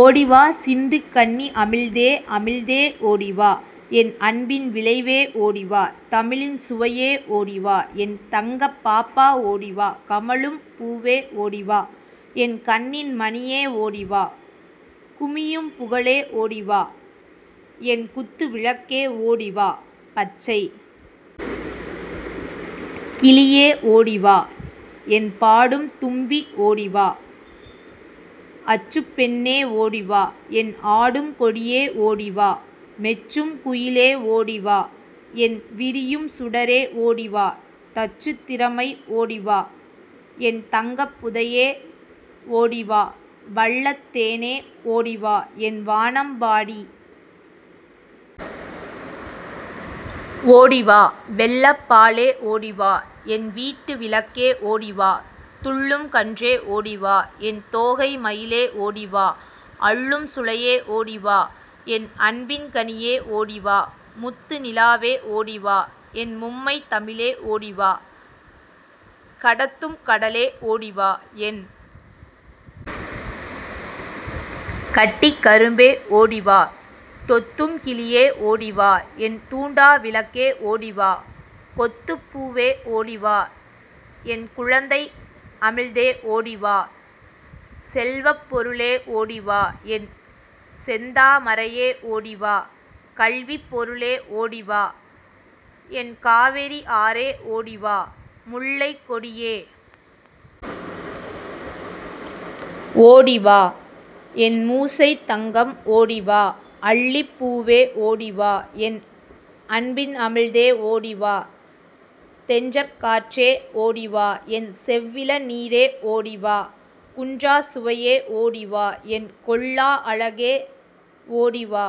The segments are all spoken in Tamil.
ஓடி வா சிந்து கண்ணி அமிழ்தே அமிழ்தே ஓடிவா என் அன்பின் விளைவே ஓடிவா தமிழின் சுவையே ஓடிவா என் தங்கப் பாப்பா ஓடிவா கமழும் பூவே ஓடிவா என் கண்ணின் மணியே ஓடிவா குமியும் புகழே ஓடிவா என் குத்து விளக்கே ஓடிவா பச்சைக் கிளியே ஓடிவா என் பாடும் தும்பி ஓடிவா அச்சுப் பெண்ணே ஓடிவா என் ஆடும் கொடியே ஓடிவா மெச்சும் குயிலே ஓடிவா என் விரியும் சுடரே ஓடிவா தச்சுத் திறமை ஓடிவா என் தங்கப் புதையே ஓடிவா வள்ளத் தேனே ஓடிவா என் வானம் பாடி ஓடிவா வெள்ளப் பாலே ஓடிவா என் வீட்டு விளக்கே ஓடிவா துள்ளும் கன்றே ஓடிவா என் தோகை மயிலே ஓடிவா அள்ளும் சுளையே ஓடிவா என் அன்பின் கனியே ஓடிவா முத்து நிலாவே ஓடிவா என் மும்மைத் தமிழே ஓடிவா கடத்தும் கடலே ஓடிவா என் கட்டிக் கரும்பே ஓடிவா தொத்தும் கிளியே ஓடிவா என் தூண்டா விளக்கே ஓடிவா கொத்துப் பூவே ஓடிவா என் குழந்தை அமிழ்தே ஓடிவா செல்வப் பொருளே ஓடிவா என் செந்தா மரையே ஓடிவா கல்விப் பொருளே ஓடிவா என் காவிரி ஆறே ஓடிவா முல்லைக் கொடியே ஓடிவா என் மூசைத் தங்கம் ஓடிவா அல்லிப் பூவே ஓடிவா என் அன்பின் அமிழ்தே ஓடிவா தென்றற் காற்றே ஓடிவா என் செவ்விள நீரே ஓடிவா குன்றாச் சுவையே ஓடிவா என் கொள்ளா அழகே ஓடிவா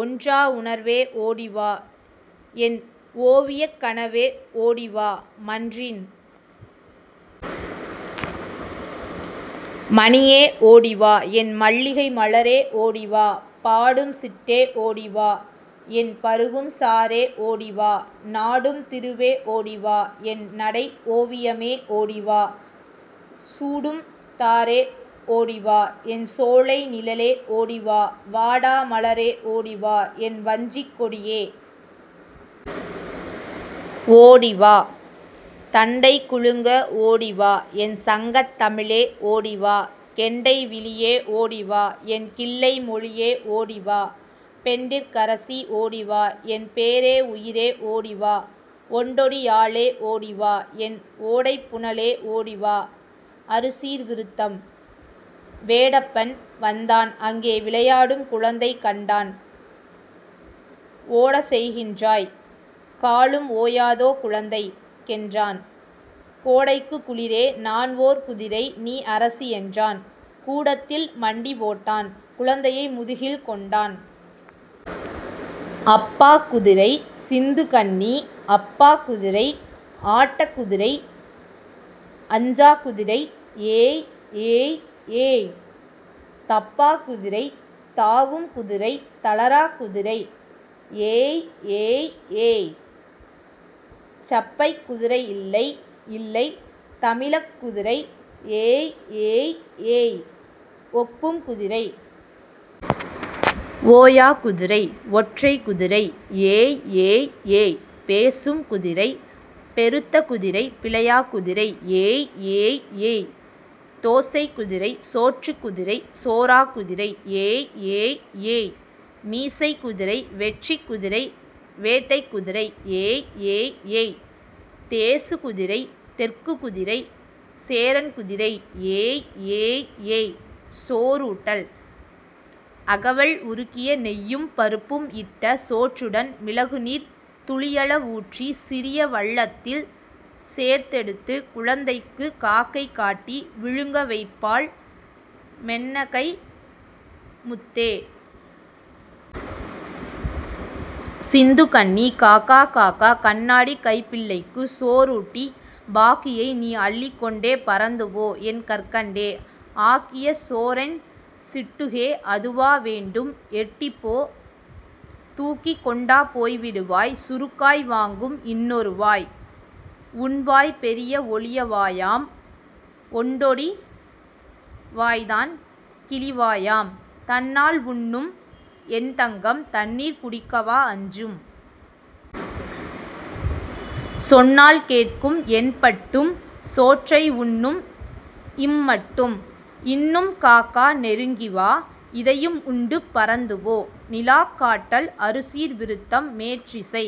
ஒன்றா உணர்வே ஓடிவா-என் ஓவியக் கனவே ஓடிவா மன்றின் மணியே ஓடிவா என் மல்லிகை மலரே ஓடிவா பாடும் சிட்டே ஓடிவா என் பருகும் சாறே ஓடிவா நாடும் திருவே ஓடிவா என் நடைஓ வியமே ஓடிவா சூடும் தாரே ஓடிவா என் சோலை நிழலே ஓடிவா வாடா மலரே ஓடிவா என் வஞ்சிக் கொடியே ஓடிவா தண்டை குலுங்க ஓடிவா என் சங்கத் தமிழே ஓடிவா கெண்டை விழியே ஓடிவா என் கிள்ளை மொழியே ஓடிவா பெண்டிர்க் கரசி ஓடிவா என் பேறே உயிரே ஓடிவா ஒண்டொடியாளே ஓடிவா என் ஓடைப் புனலே ஓடிவா அறுசீர் விருத்தம் வேடப்பன் வந்தான் அங்கே விளையாடும் குழந்தை கண்டான் ஓடச்செய்கின்றாய் காலும் ஓயாதோ குழந்தைக் கென்றான் கோடைக்குக் குளிரே நான் ஓர் குதிரை நீஅரசி என்றான் கூடத்தில் மண்டி போட்டான் குழந்தையை முதுகில் கொண்டான். அப்பாக் குதிரை சிந்துக் கண்ணி அப்பாக் குதிரை ஆட்டக் குதிரை அஞ்சாக் குதிரை ஏய் ஏய் ஏய் தப்பாக் குதிரை தாவும் குதிரை தளராக் குதிரை ஏய் ஏய் ஏய் சப்பைக் குதிரை இல்லை இல்லை தமிழக் குதிரை ஏய் ஏய் ஏய் ஒப்பும் குதிரை ஓயாக் குதிரை ஒற்றைக் குதிரை ஏய் ஏய் ஏய் பேசும் குதிரை பெருத்த குதிரை பிழையாக் குதிரை ஏய் ஏய் ஏய் தோசைக் குதிரை சோற்றுக் குதிரை சோராக் குதிரை ஏய் ஏய் ஏய் மீசைக் குதிரை வெற்றிக் குதிரை வேட்டைக் குதிரை ஏய் ஏய் ஏய் தேசுக் குதிரை தெற்குக் குதிரை சேரன் குதிரை ஏய் ஏய் ஏய் சோறூட்டல் அகவல் உருக்கிய நெய்யும் பருப்பும் இட்ட சோற்றுடன் மிளகுநீர் துளியள வூற்றிச் சிறிய வள்ளத்தில் சேர்த்தெ டுத்துக் குழந்தைக்குக் காக்கை காட்டி விழுங்க வைப்பாள் மென்னகை முத்தே. சிந்து கண்ணி காக்கா காக்கா கண்ணாட்டி கைப்பிள்ளைக்குச் சோறூட்டி பாக்கியை நீ அள்ளிக்கொண்டே பறந்துபோ என் கற்கண்டே. ஆக்கிய சோறென் சிட்டுக்கே அதுவா வேண்டும் எட்டிப்போ தூக்கிக் கொண்டா போய்விடுவாய் சுருக்காய் வாங்கும் இன்னொருவாய். உன்வாய் பெரிய ஒளிவாயாம் ஒண்டொடி வாய்தான் கிளிவாயாம் தன்னால்உண்ணும் என்தங்கம் தண்ணீர் குடிக்க வா அஞ்சும்? சொன்னால் கேட்கும் என்பட்டும் சோற்றை உண்ணும் இம் மட்டும் இன்னும் காக்கா நெருங்கிவா இதையும் உண்டு பறந்துபோ. நிலாக் காட்டல் அறுசீர் விருத்தம் மேற்றிசை